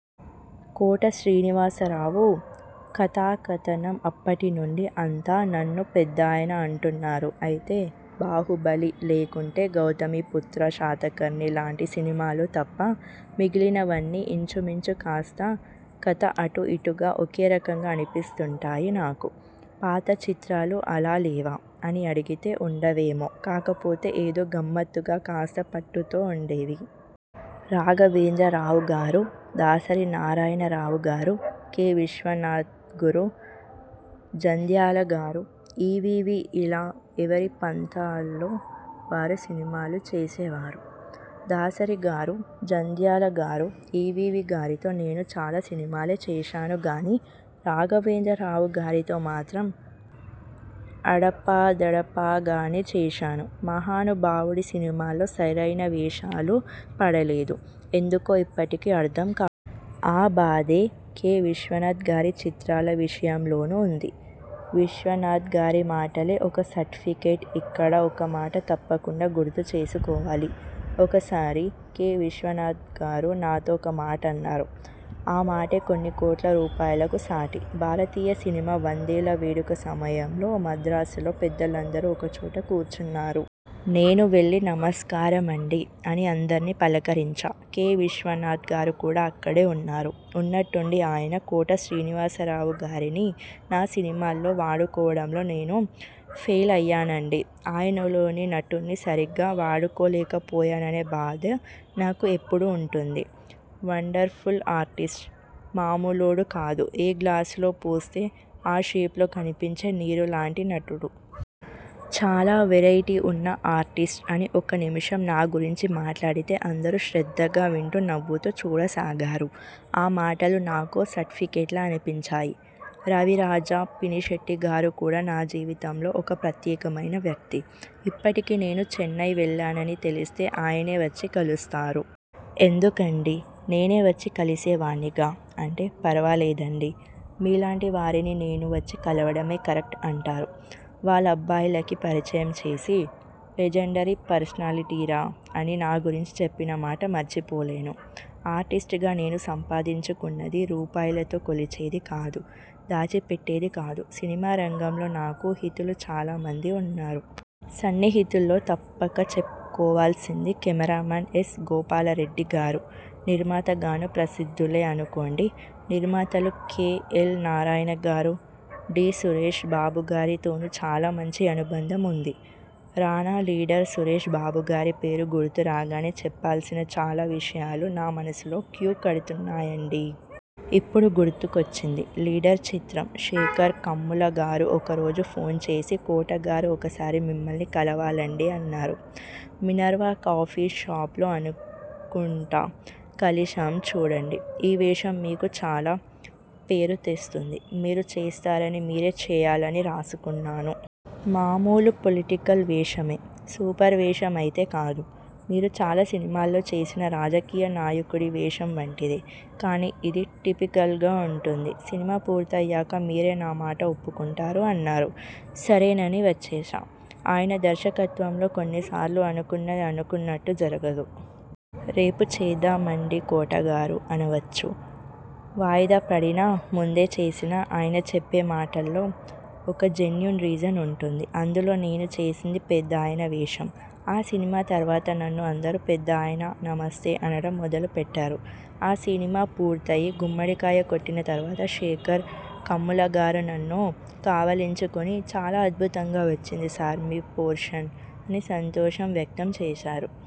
కోట శ్రీనివాసరావు కథాకథనం అప్పటినుండీ అంతా నన్ను పెద్దాయన అంటున్నారు అయితే 'బాహుబలి', లేకుంటే 'గౌతమీపుత్ర శాతకర్ణి' లాంటి సినిమాలు తప్ప మిగిలినవన్నీ ఇంచుమించు కాస్త కథ అటూ ఇటూగా ఒకేరకంగా అనిపిస్తుంటాయి నాకు. పాత చిత్రాలు అలా లేవా? అని అడిగితే ఉండేవేమో. కాకపోతే ఏదో గమ్మత్తుగా, కాస్త పట్టుతో ఉండేవి. రాఘవేంద్రరావుగారు, దాసరి నారాయణరావుగారు, కె. విశ్వనాథ్గారు, జంధ్యాల గారు, ఈవీవీ ఇలా ఎవరి పంథాలో వారు సినిమాలు చేసేవారు. దాసరిగారు, జంధ్యాలగారు, ఈవీవీగారితో నేను చాలా సినిమాలే చేశానుగానీ, రాఘవేంద్రరావుగారితో మాత్రం అడపాదడపాగానే చేశాను. మహానుభావుడి సినిమాల్లో సరైన వేషాలు పడలేదు. ఎందుకో ఇప్పటికీ అర్థం కాదు. ఆ బాధే కె. విశ్వనాథ్ గారి చిత్రాల విషయంలోనూ ఉంది. విశ్వనాథ్గారి మాటలే ఒక సర్టిఫికెట్ ఇక్కడ ఒకమాట తప్పకుండా గుర్తుచేసుకోవాలి. ఒకసారి కె. విశ్వనాథ్గారు నాతో ఒక మాటన్నారు. ఆ మాటే కొన్ని కోట్ల రూపాయలకు సాటి. భారతీయ సినిమా వందేళ్ళ వేడుక సమయంలో మద్రాసులో పెద్దలందరూ ఒకచోట కూర్చున్నారు. నేను వెళ్ళి 'నమస్కారమండీ' అని అందరినీ పలకరించా. కె. విశ్వనాథ్గారు కూడా అక్కడే ఉన్నారు. ఉన్నట్టుండి ఆయన 'కోట శ్రీనివాసరావుగారిని నా సినిమాల్లో వాడుకోవడంలో నేను ఫెయిలయ్యానండీ. ఆయనలోని నటుణ్ణి సరిగా వాడుకోలేకపోయాననే బాధ నాకు ఎప్పుడూ ఉంటుంది. Wonderful artist. మామూలోడు కాదు. ఏ గ్లాసులో పోస్తే ఆ షేప్లో కనిపించే నీరు లాంటి నటుడు. చాలా వెరైటీ ఉన్న ఆర్టిస్ట్ అని ఒక్క నిమిషం నా గురించి మాట్లాడితే అందరూ శ్రద్ధగా వింటూ నవ్వుతూ చూడసాగారు. ఆ మాటలు నాకో సర్టిఫికెట్లా అనిపించాయి. రవిరాజా పినిశెట్టిగారు కూడా నా జీవితంలో ఒక ప్రత్యేకమైన వ్యక్తి. ఇప్పటికీ నేను చెన్నై వెళ్లానని తెలిస్తే ఆయనే వచ్చి కలుస్తారు. 'ఎందుకండీ, నేనే వచ్చి కలిసేవాణ్ణిగా' అంటే, 'ఫర్వాలేదండీ. మీలాంటి వారిని నేను వచ్చి కలవడమే కరెక్ట్' అంటారు. వాళ్ళబ్బాయిలకి పరిచయం చేసి 'లెజండరీ పర్సనాలిటీరా' అని నా గురించి చెప్పిన మాట మర్చిపోలేను. ఆర్టిస్ట్గా నేను సంపాదించుకున్నది రూపాయిలతో కొలిచేదీ కాదు, దాచిపెట్టేదీ కాదు. సినిమా రంగంలో నాకు హితులు చాలా మంది ఉన్నారు. సన్నిహితుల్లో తప్పక చెప్పుకోవాల్సింది కెమెరామేన్ ఎస్. గోపాలరెడ్డిగారు. నిర్మాతగానూ ప్రసిద్ధులే అనుకోండి. నిర్మాతలు కె. ఎల్. నారాయణగారు, డి. సురేశ్ బాబుగారితోనూ చాలా మంచి అనుబంధం ఉంది. రానా లీడర్ సురేశ్ బాబుగారి పేరు గుర్తురాగానే చెప్పాల్సిన చాలా విషయాలు నా మనసులో క్యూ కడుతున్నాయండీ. ఇప్పుడు గుర్తుకొచ్చింది 'లీడర్' చిత్రం. శేఖర్ కమ్ములగారు ఒక రోజు ఫోన్ చేసి కోటగారు ఒకసారి మిమ్మల్ని కలవాలండీ అన్నారు. మినర్వా కాఫీ షాప్ లో అనుకుంటా. కలిశాం. చూడండి. ఈ వేషం మీకు చాలా పేరు తెస్తుంది. మీరు చేస్తారని, మీరే చేయాలని రాసుకున్నాను. మామూలు పొలిటికల్ వేషమే. 'సూపర్ వేషం అయితే కాదు. మీరు చాలా సినిమాల్లో చేసిన రాజకీయ నాయకుడి వేషం వంటిదే. కానీ ఇది టిపికల్గా ఉంటుంది. సినిమా పూర్తయ్యాక మీరే నా మాట ఒప్పుకుంటారు' అన్నారు. సరేనని వచ్చేశా. ఆయన దర్శకత్వంలో కొన్నిసార్లు అనుకున్నది అనుకున్నట్టు జరగదు. 'రేపు చేద్దామండీ కోటగారు' అనవచ్చు. వాయిదాపడినా, ముందే చేసినా ఆయన చెప్పే మాటల్లో ఒక జెన్యూన్ రీజన్ ఉంటుంది. అందులో నేను చేసింది 'పెద్దాయన' వేషం. ఆ సినిమా తర్వాత నన్ను అందరూ 'పెద్దాయనా నమస్తే' అనడం మొదలుపెట్టారు. ఆ సినిమా పూర్తయి గుమ్మడికాయ కొట్టిన తర్వాత శేఖర్ కమ్ములగారు నన్ను కావలించుకుని 'చాలా అద్భుతంగా వచ్చింది సార్ మీ పోర్షన్' అని సంతోషం వ్యక్తం చేశారు.